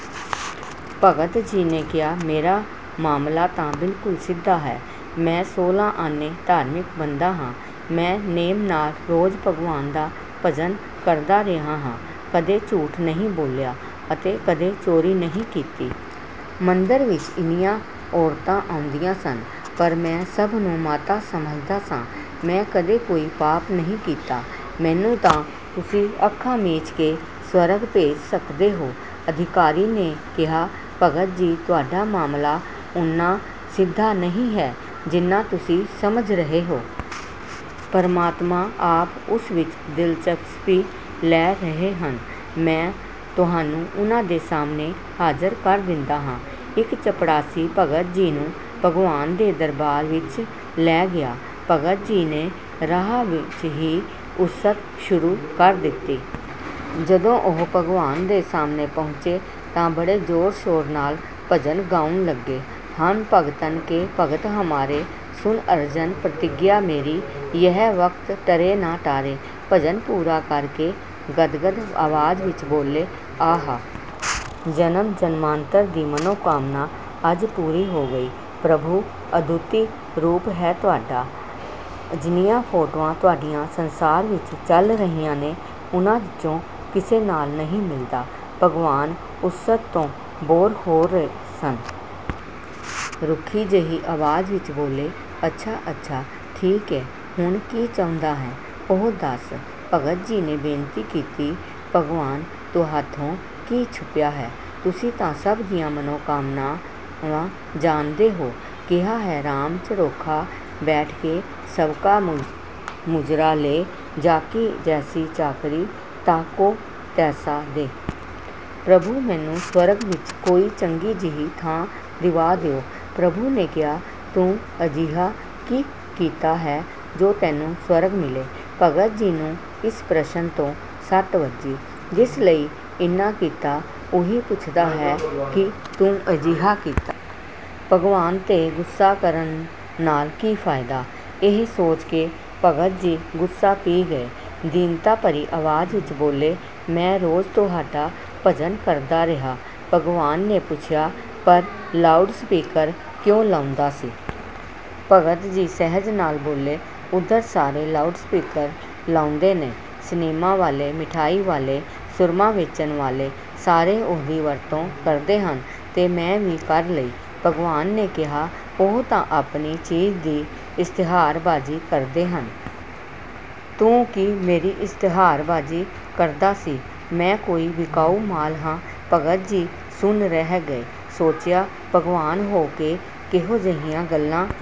ਭਗਤ ਜੀ ਨੇ ਕਿਹਾ, "ਮੇਰਾ ਮਾਮਲਾ ਤਾਂ ਬਿਲਕੁਲ ਸਿੱਧਾ ਹੈ। ਮੈਂ ਸੋਲ੍ਹਾਂ ਆਨੇ ਧਾਰਮਿਕ ਬੰਦਾ ਹਾਂ। ਮੈਂ ਨੇਮ ਨਾਲ ਰੋਜ਼ ਭਗਵਾਨ ਦਾ ਭਜਨ ਕਰਦਾ ਰਿਹਾ ਹਾਂ। ਕਦੇ ਝੂਠ ਨਹੀਂ ਬੋਲਿਆ ਅਤੇ ਕਦੇ ਚੋਰੀ ਨਹੀਂ ਕੀਤੀ। ਮੰਦਿਰ ਵਿੱਚ ਇੰਨੀਆਂ ਔਰਤਾਂ ਆਉਂਦੀਆਂ ਸਨ, ਪਰ ਮੈਂ ਸਭ ਨੂੰ ਮਾਤਾ ਸਮਝਦਾ ਸਾਂ। ਮੈਂ ਕਦੇ ਕੋਈ ਪਾਪ ਨਹੀਂ ਕੀਤਾ। ਮੈਨੂੰ ਤਾਂ ਤੁਸੀਂ ਅੱਖਾਂ ਮੀਚ ਕੇ ਸਵਰਗ ਭੇਜ ਸਕਦੇ ਹੋ।" ਅਧਿਕਾਰੀ ਨੇ ਕਿਹਾ, "ਭਗਤ ਜੀ, ਤੁਹਾਡਾ ਮਾਮਲਾ ਓਨਾ ਸਿੱਧਾ ਨਹੀਂ ਹੈ, ਜਿੰਨਾ ਤੁਸੀਂ ਸਮਝ ਰਹੇ ਹੋ। ਪਰਮਾਤਮਾ ਆਪ ਉਸ ਵਿੱਚ ਦਿਲਚਸਪੀ ਲੈ ਰਹੇ ਹਨ। ਮੈਂ ਤੁਹਾਨੂੰ ਉਨ੍ਹਾਂ ਦੇ ਸਾਹਮਣੇ ਹਾਜ਼ਰ ਕਰ ਦਿੰਦਾ ਹਾਂ।" ਇੱਕ ਚਪੜਾਸੀ ਭਗਤ ਜੀ ਨੂੰ ਭਗਵਾਨ ਦੇ ਦਰਬਾਰ ਵਿੱਚ ਲੈ ਗਿਆ। ਭਗਤ ਜੀ ਨੇ ਰਾਹ ਵਿੱਚ ਹੀ ਉਸਤਤ ਸ਼ੁਰੂ ਕਰ ਦਿੱਤੀ। ਜਦੋਂ ਉਹ ਭਗਵਾਨ ਦੇ ਸਾਹਮਣੇ ਪਹੁੰਚੇ ਤਾਂ ਬੜੇ ਜ਼ੋਰ-ਸ਼ੋਰ ਨਾਲ ਭਜਨ ਗਾਉਣ ਲੱਗੇ: "ਹਮ ਭਗਤਨ ਕੇ ਭਗਤ ਹਮਾਰੇ, ਸੁਨ ਅਰਜਨ ਪ੍ਰਤਿੱਗਿਆ ਮੇਰੀ, ਯਹ ਵ੍ਰਤ ਟਰੈ ਨਾ ਟਾਰੇ।" ਭਜਨ ਪੂਰਾ ਕਰ ਕੇ ਗਦਗਦ ਆਵਾਜ਼ ਵਿੱਚ ਬੋਲੇ, "ਆਹਾ! ਜਨਮ-ਜਨਮਾਂਤਰ ਦੀ ਮਨੋਕਾਮਨਾ ਅੱਜ ਪੂਰੀ ਹੋ ਗਈ ਹੈ। ਪ੍ਰਭੂ, ਅਦੁੱਤੀ ਰੂਪ ਹੈ ਤੁਹਾਡਾ! ਜਿੰਨੀਆਂ ਫੋਟੋਆਂ ਤੁਹਾਡੀਆਂ ਸੰਸਾਰ ਵਿੱਚ ਚੱਲ ਰਹੀਆਂ ਨੇ, ਉਨ੍ਹਾਂ ਵਿੱਚੋਂ ਕਿਸੇ ਨਾਲ਼ ਨਹੀਂ ਮਿਲਦਾ।" ਭਗਵਾਨ ਉਸਤਤ ਤੋਂ 'ਬੋਰ' ਹੋ ਰਹੇ ਸਨ। ਰੁੱਖੀ ਜਿਹੀ ਆਵਾਜ਼ ਵਿੱਚ ਬੋਲੇ, "ਅੱਛਾ-ਅੱਛਾ ਠੀਕ ਐ। ਹੁਣ ਕੀ ਚਾਹੁੰਦਾ ਹੈਂ, ਉਹ ਦੱਸ?" ਭਗਤ ਜੀ ਨੇ ਬੇਨਤੀ ਕੀਤੀ, "ਭਗਵਾਨ, ਤੁਹਾਥੋਂ ਕੀ ਛੁਪਿਆ ਹੈ! ਤੁਸੀਂ ਤਾਂ ਸਭ ਦੀਆਂ ਮਨੋਕਾਮਨਾਵਾਂ ਜਾਣਦੇ ਹੋ! ਕਿਹਾ ਹੈ, 'ਰਾਮ, ਝਰੋਖਾ ਬੈਠ ਕੇ ਸਬਕਾ ਮੁਜਰਾ ਲੇ, ਜਾ ਕੀ ਜੈਸੀ ਚਾਕਰੀ ਤਾ ਕੋ ਤੈਸਾ ਦੇ!' ਪ੍ਰਭੂ, ਮੈਨੂੰ ਸਵਰਗ ਵਿੱਚ ਕੋਈ ਚੰਗੀ ਜਿਹੀ ਥਾਂ ਦਿਵਾ ਦਿਓ!" ਪ੍ਰਭੂ ਨੇ ਕਿਹਾ, "ਤੂੰ ਅਜਿਹਾ ਕੀ ਕੀਤਾ ਹੈ ਜੋ ਤੈਨੂੰ ਸਵਰਗ ਮਿਲੇ!" ਭਗਤ ਜੀ ਨੂੰ ਇਸ ਪ੍ਰਸ਼ਨ ਤੋਂ ਸੱਟ ਵੱਜੀ। ਜਿਸ ਲਈ ਇੰਨਾ ਕੀਤਾ, ਉਹੀ ਪੁੱਛਦਾ ਹੈ ਕਿ "ਤੂੰ ਅਜਿਹਾ ਕੀਤਾ!" ਭਗਵਾਨ 'ਤੇ ਗੁੱਸਾ ਕਰਨ ਨਾਲ ਕੀ ਫ਼ਾਇਦਾ? ਇਹ ਸੋਚ ਕੇ ਭਗਤ ਜੀ ਗੁੱਸਾ ਪੀ ਗਏ। ਦੀਨਤਾ ਭਰੀ ਆਵਾਜ਼ ਵਿੱਚ ਬੋਲੇ, "ਮੈਂ ਰੋਜ਼ ਤੁਹਾਡਾ ਭਜਨ ਕਰਦਾ ਰਿਹਾ।" ਭਗਵਾਨ ਨੇ ਪੁੱਛਿਆ, "ਪਰ ਲਾਊਡ ਸਪੀਕਰ ਕਿਉਂ ਲਾਉਂਦਾ ਸੀ?" ਭਗਤ ਜੀ ਸਹਿਜ ਨਾਲ ਬੋਲੇ, "ਉੱਧਰ ਸਾਰੇ ਲਾਊਡ ਸਪੀਕਰ ਲਾਉਂਦੇ ਨੇ। ਸਿਨਮਾ ਵਾਲੇ, ਮਿਠਾਈ ਵਾਲੇ, ਸੁਰਮਾ ਵੇਚਣ ਵਾਲੇ- ਸਾਰੇ ਉਹਦੀ ਵਰਤੋਂ ਕਰਦੇ ਹਨ, ਤੇ ਮੈਂ ਵੀ ਕਰ ਲਈ।" ਭਗਵਾਨ ਨੇ ਕਿਹਾ, "ਉਹ ਤਾਂ ਆਪਣੀ ਚੀਜ਼ ਦੀ ਇਸ਼ਤਿਹਾਰਬਾਜ਼ੀ ਕਰਦੇ ਹਨ। ਤੂੰ ਕੀ ਮੇਰੀ ਇਸ਼ਤਿਹਾਰਬਾਜ਼ੀ ਕਰਦਾ ਸੀ? ਮੈਂ ਕੋਈ ਵਿਕਾਊ ਮਾਲ ਹਾਂ?" ਭਗਤ ਜੀ ਸੁੰਨ ਰਹਿ ਗਏ। ਸੋਚਿਆ, ਭਗਵਾਨ ਹੋ ਕੇ ਕਿਹੋ ਜਿਹੀਆਂ ਗੱਲਾਂ